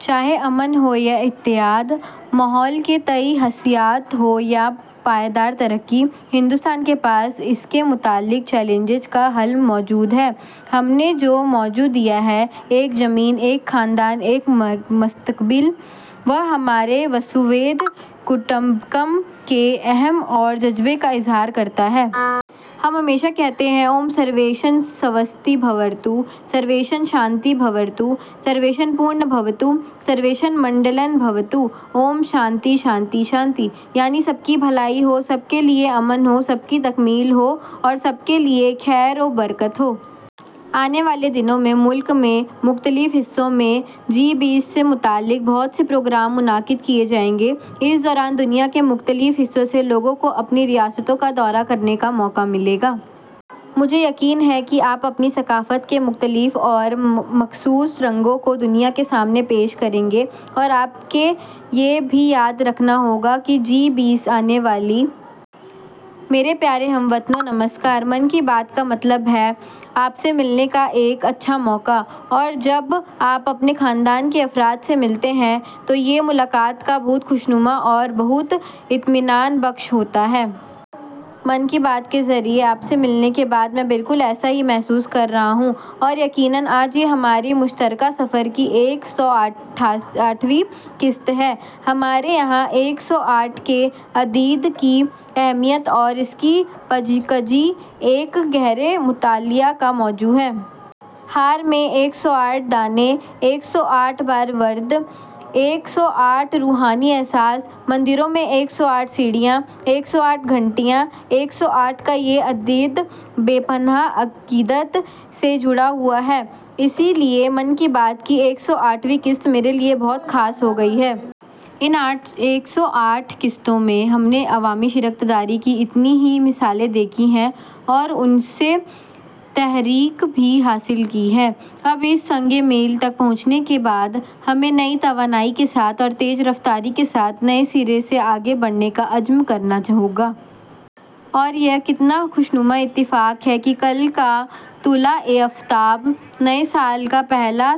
چاہے امن ہو یا اتحاد، ماحولیات کے تئیں حساسیت، یا پائیدار ترقی، بھارت کے پاس ان سے متعلق چیلنجوں کا حل موجود ہے۔ ہم نے جو موضوع دیا ہے، "ایک زمین، ایک خاندان، ایک مستقبل"، وہ ہمارے وسودھیو کٹمبکم کے عہد کا اظہار کرتا ہے۔ ہم ہمیشہ کہتے ہیں: اوم سرویشم سواستیربھواتو، سرویشم شانتی بھواتو، سرویشم پورنم بھواتو، سرویشم منگلم بھواتو، اوم شانتی: شانتی: شانتی: یعنی سب کی بھلائی ہو، سب کے لیے امن ہو، سب کی تکمیل ہو اور سب کی بھلائی ہو۔ آنے والے دنوں میں ملک کے مختلف حصوں میں جی ٹوئنٹی سے متعلق بہت سے پروگرام منعقد کیے جائیں گے۔ اس عرصے کے دوران دنیا کے مختلف حصوں سے لوگوں کو آپ کی ریاستوں کا دورہ کرنے کا موقع ملے گا۔ مجھے یقین ہے کہ آپ اپنی ثقافت کے متنوع اور مخصوص رنگوں کو دنیا کے سامنے پیش کریں گے، اور آپ کو یہ بھی یاد رکھنا ہوگا کہ جی ٹوئنٹی میں آنے والے۔ میرے پیارے ہم وطنو! نمسکار۔ 'من کی بات' کا مطلب ہے آپ سے ملنے کا ایک اچھا موقع، اور جب آپ اپنے خاندان کے افراد سے ملتے ہیں، تو یہ بہت خوش کن، بہت اطمینان بخش ہوتا ہے۔ 'من کی بات' کے ذریعے آپ سے ملنے کے بعد میں بالکل ایسا ہی محسوس کر رہا ہوں۔ اور یقیناً آج یہ ہمارے مشترکہ سفر کی ایک سو آٹھویں قسط ہے۔ ہمارے یہاں ایک سو آٹھ عدد کی اہمیت، اس کی پاکیزگی ایک گہرے مطالعے کا موضوع ہے۔ ہار میں ایک سو آٹھ دانے، ایک سو آٹھ بار ورد، ایک سو آٹھ روحانی احساس، مندروں میں ایک سو آٹھ سیڑھیاں، ایک سو آٹھ گھنٹیاں، ایک سو آٹھ کا یہ عدد بے پناہ عقیدت سے جڑا ہوا ہے، اسی لیے 'من کی بات' کی ایک سو آٹھویں قسط میرے لیے بہت خاص ہو گئی ہے۔ ان ایک سو آٹھ قسطوں میں ہم نے عوامی شراکت داری کی اتنی ہی مثالیں دیکھی ہیں، ان سے تحریک بھی حاصل کی ہے۔ اب اس سنگِ میل تک پہنچنے کے بعد، ہمیں نئی توانائی کے ساتھ اور تیز رفتاری کے ساتھ نئے سرے سے آگے بڑھنے کا عزم کرنا ہوگا۔ اور یہ کتنا خوشگوار اتفاق ہے کہ کل کا طلوعِ آفتاب نئے سال کا پہلا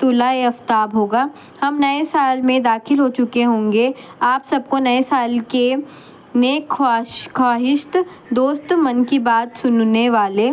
طلوعِ آفتاب ہوگا – ہم نئے سال میں داخل ہو چکے ہوں گے۔ آپ سب کو نئے سال کے لیے نیک خواہشات۔ دوستو، 'من کی بات' سننے والے...